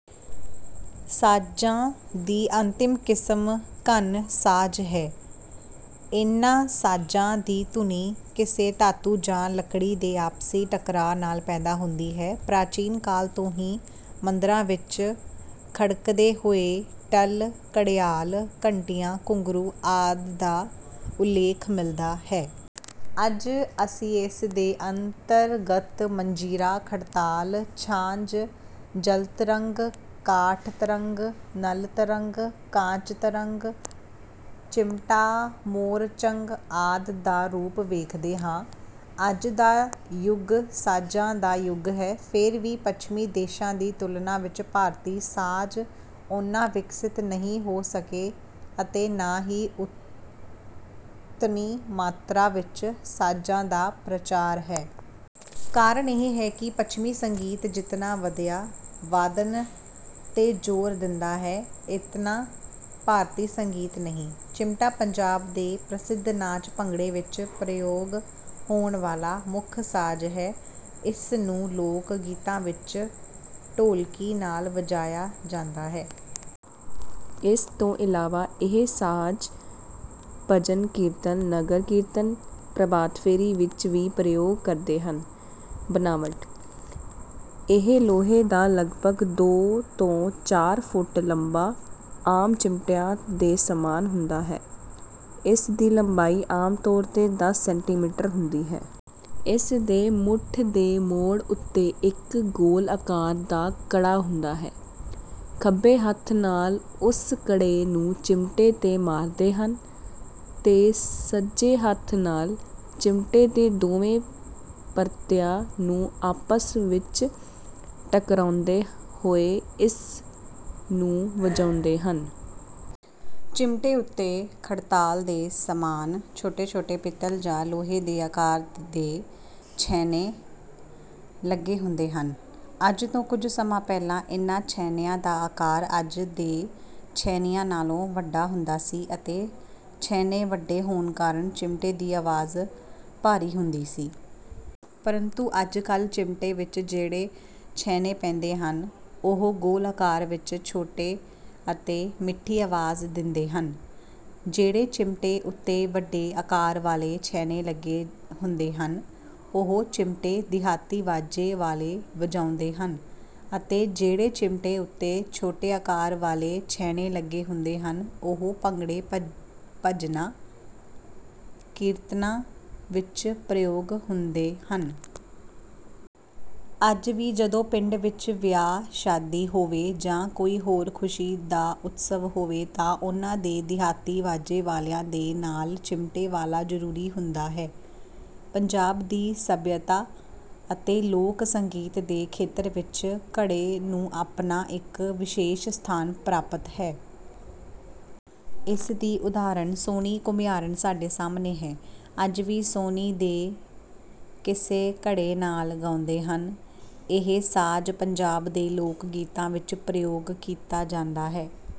ਸਾਜਾ ਦੀ ਅੰਤਿਮ ਕਿਸਮ ਘਨ ਸਾਜ ਹੈ। ਇਨ੍ਹਾਂ ਸਾਜ਼ਾਂ ਦੀ ਧੁਨੀ ਕਿਸੇ ਧਾਤੂ ਜਾਂ ਲਕੜੀ ਦੇ ਆਪਸੀ ਟਕਰਾਅ ਨਾਲ ਪੈਦਾ ਹੁੰਦੀ ਹੈ। ਪ੍ਰਚੀਨ ਕਾਲ ਤੋਂ ਹੀ ਮੰਦਰਾਂ ਵਿੱਚ ਖੜਕਦੇ ਹੋਏ ਟੱਲ, ਘੜਿਆਲ, ਘੰਟੀਆਂ, ਘੁੰਗਰੂ ਆਦਿ ਦਾ ਉਲੇਖ ਮਿਲਦਾ ਹੈ। ਅੱਜ ਅਸੀਂ ਇਸ ਦੇ ਅੰਤਰਗਤ ਮੰਜੀਰਾ, ਖੜਤਾਲ, ਝਾਂਜ, ਜਲਤਰੰਗ, ਕਾਠ ਤਰੰਗ, ਨਲ ਤਰੰਗ, ਕਾਂਚ ਤਰੰਗ, ਚਿਮਟਾ, ਮੋਰਚੰਗ ਆਦਿ ਦਾ ਰੂਪ ਵੇਖਦੇ ਹਾ। ਅੱਜ ਦਾ ਯੁਗ ਸਾਜ਼ਾਂ ਦਾ ਯੁਗ ਹੈ| ਫ਼ਿਰ ਵੀ ਪੱਛਮੀ ਦੇਸ਼ਾਂ ਦੀ ਤੁਲਨਾ ਵਿੱਚ ਭਾਰਤੀ ਸਾਜ਼ ਉਨੇ ਵਿਕਸਿਤ ਨਹੀਂ ਹੋ ਸਕੇ ਅਤੇ ਨਾ ਹੀ ਉਤਨੀ ਮਾਤਰਾ ਵਿੱਚ ਸਾਜਾਂ ਦਾ ਪ੍ਰਚਾਰ ਹੈ। ਕਾਰਨ ਇਹ ਹੈ ਕਿ ਪੱਛਮੀ ਸੰਗੀਤ ਜਿਤਨਾ ਵਧਿਆ ਵਾਦਨ ਤੇ ਜ਼ੋਰ ਦਿੰਦਾ ਹੈ, ਇਤਨਾ ਭਾਰਤੀ ਸੰਗੀਤ ਨਹੀ। ਚਿਮਟਾ ਪੰਜਾਬ ਦੇ ਪ੍ਰਸਿੱਧ ਨਾਚ ਭੰਗੜੇ ਵਿੱਚ ਪ੍ਰਯੋਗ ਹੋਣ ਵਾਲਾ ਮੁਖ ਸਾਜ਼ ਹੈ। ਇਸ ਨੂੰ ਲੋਕ ਗੀਤਾਂ ਵਿੱਚ ਢੋਲਕੀ ਨਾਲ ਵਜਾਇਆ ਜਾਂਦਾ ਹੈ। ਇਸ ਤੋਂ ਇਲਾਵਾ ਇਹ ਸਾਜ਼ ਭਜਨ, ਕੀਰਤਨ, ਨਗਰ ਕੀਰਤਨ, ਪ੍ਰਭਾਤ ਫੇਰੀ ਲਈ ਵਿੱਚ ਵੀ ਪ੍ਰਯੋਗ ਕਰਦੇ ਹਨ। ਬਣਾਵਟ, ਇਹ ਲੋਹੇ ਦਾ ਲਗਭਗ ਦੋ ਤੋਂ ਚਾਰ ਫੁਟ ਲੰਬਾ ਆਮ ਚਿਮਟਿਆਂ ਦੇ ਸਮਾਨ ਹੁੰਦਾ ਹੈ। ਇਸ ਦੀ ਲੰਬਾਈ ਆਮ ਤੌਰ ਤੇ ਦਸ ਸੈਂਟੀਮੀਟਰ ਹੁੰਦੀ ਹੈ। ਇਸ ਦੇ ਮੁਠ ਦੇ ਮੋੜ ਉੱਤੇ ਇੱਕ ਗੋਲ ਆਕਾਰ ਦਾ ਕੜਾ ਹੁੰਦਾ ਹੈ। ਖੱਬੇ ਹੱਥ ਨਾਲ ਉਸ ਕੜੇ ਨੂੰ ਚਿਮਟੇ ਤੇ ਮਾਰਦੇ ਹਨ ਤੇ ਸੱਜੇ ਹੱਥ ਨਾਲ ਚਿਮਟੇ ਦੇ ਦੋਵੇਂ ਪਰਤਿਆਂ ਨੂੰ ਆਪਸ ਵਿੱਚ ਟਕਰਾਉਂਦੇ ਹੋਏ ਇਸ ਨੂੰ ਵਜਾਉਂਦੇ ਹਨ। ਚਿਮਟੇ ਉੱਤੇ ਖੜਤਾਲ ਦੇ ਸਮਾਨ ਛੋਟੇ-ਛੋਟੇ ਪਿਤਲ ਜਾਂ ਲੋਹੇ ਦੇ ਆਕਾਰ ਦੇ ਛੈਣੇ ਲੱਗੇ ਹੁੰਦੇ ਹਨ। ਅੱਜ ਤੋਂ ਕੁਝ ਸਮਾਂ ਪਹਿਲਾਂ ਇਨ੍ਹਾਂ ਛੈਣਿਆ ਦਾ ਆਕਾਰ ਅੱਜ ਦੇ ਛੈਣਿਆਂ ਨਾਲੋਂ ਵੱਡਾ ਹੁੰਦਾ ਸੀ ਅਤੇ ਛੈਣੇ ਵੱਡੇ ਹੋਣ ਕਾਰਨ ਚਿਮਟੇ ਦੀ ਆਵਾਜ਼ ਭਾਰੀ ਹੁੰਦੀ ਸੀ। ਪਰੰਤੂ ਅੱਜ ਕਲ੍ਹ ਚਿਮਟੇ ਵਿੱਚ ਜਿਹੜੇ ਛੈਣੇ ਪੈਂਦੇ ਹਨ ਉਹ ਗੋਲ ਆਕਾਰ ਵਿੱਚ ਛੋਟੇ ਅਤੇ ਮਿੱਠੀ ਆਵਾਜ਼ ਦਿੰਦੇ ਹਨ। ਜਿਹੜੇ ਚਿਮਟੇ ਉੱਤੇ ਵੱਡੇ ਆਕਾਰ ਵਾਲੇ ਛੈਣੇ ਲੱਗੇ ਹੁੰਦੇ ਹਨ ਉਹ ਚਿਮਟੇ ਦਿਹਾਤੀ ਵਾਜੇ ਵਾਲੇ ਵਜਾਉਂਦੇ ਹਨ ਅਤੇ ਜਿਹੜੇ ਚਿਮਟੇ ਉੱਤੇ ਛੋਟੇ ਆਕਾਰ ਵਾਲੇ ਛੈਣੇ ਲਗੇ ਹੁੰਦੇ ਹਨ ਉਹ ਭੰਗੜੇ, ਭਜਨਾਂ, ਕੀਰਤਨਾਂ ਵਿੱਚ ਪ੍ਰਯੋਗ ਹੁੰਦੇ ਹਨ। ਅੱਜ ਵੀ ਜਦੋਂ ਪਿੰਡ ਵਿੱਚ ਵਿਆਹ, ਸ਼ਾਦੀ ਹੋਵੇ ਜਾਂ ਕੋਈ ਹੋਰ ਖ਼ੁਸ਼ੀ ਦਾ ਉਤਸਵ ਹੋਵੇ ਤਾਂ ਉਹਨਾਂ ਦੇ ਦਿਹਾਤੀ ਵਾਜੇ ਵਾਲਿਆਂ ਦੇ ਨਾਲ ਚਿਮਟੇ ਵਾਲਾ ਜ਼ਰੂਰੀ ਹੁੰਦਾ ਹੈ। ਪੰਜਾਬ ਦੀ ਸੱਭਿਅਤਾ ਅਤੇ ਲੋਕ ਸੰਗੀਤ ਦੇ ਖੇਤਰ ਵਿੱਚ ਘੜੇ ਨੂੰ ਆਪਣਾ ਇੱਕ ਵਿਸ਼ੇਸ਼ ਸਥਾਨ ਪ੍ਰਾਪਤ ਹੈ। ਇਸ ਦੀ ਉਦਾਹਰਨ ਸੋਹਣੀ ਘੁਮਿਆਰਣ ਸਾਡੇ ਸਾਹਮਣੇ ਹੈ। ਅੱਜ ਵੀ ਸੋਹਣੀ ਦੇ ਕਿੱਸੇ ਘੜੇ ਨਾਲ ਗਾਉਂਦੇ ਹਨ। ਇਹ ਸਾਜ਼ ਪੰਜਾਬ ਦੇ ਲੋਕ-ਗੀਤਾਂ ਵਿੱਚ ਪ੍ਰਯੋਗ ਕੀਤਾ ਜਾਂਦਾ ਹੈ।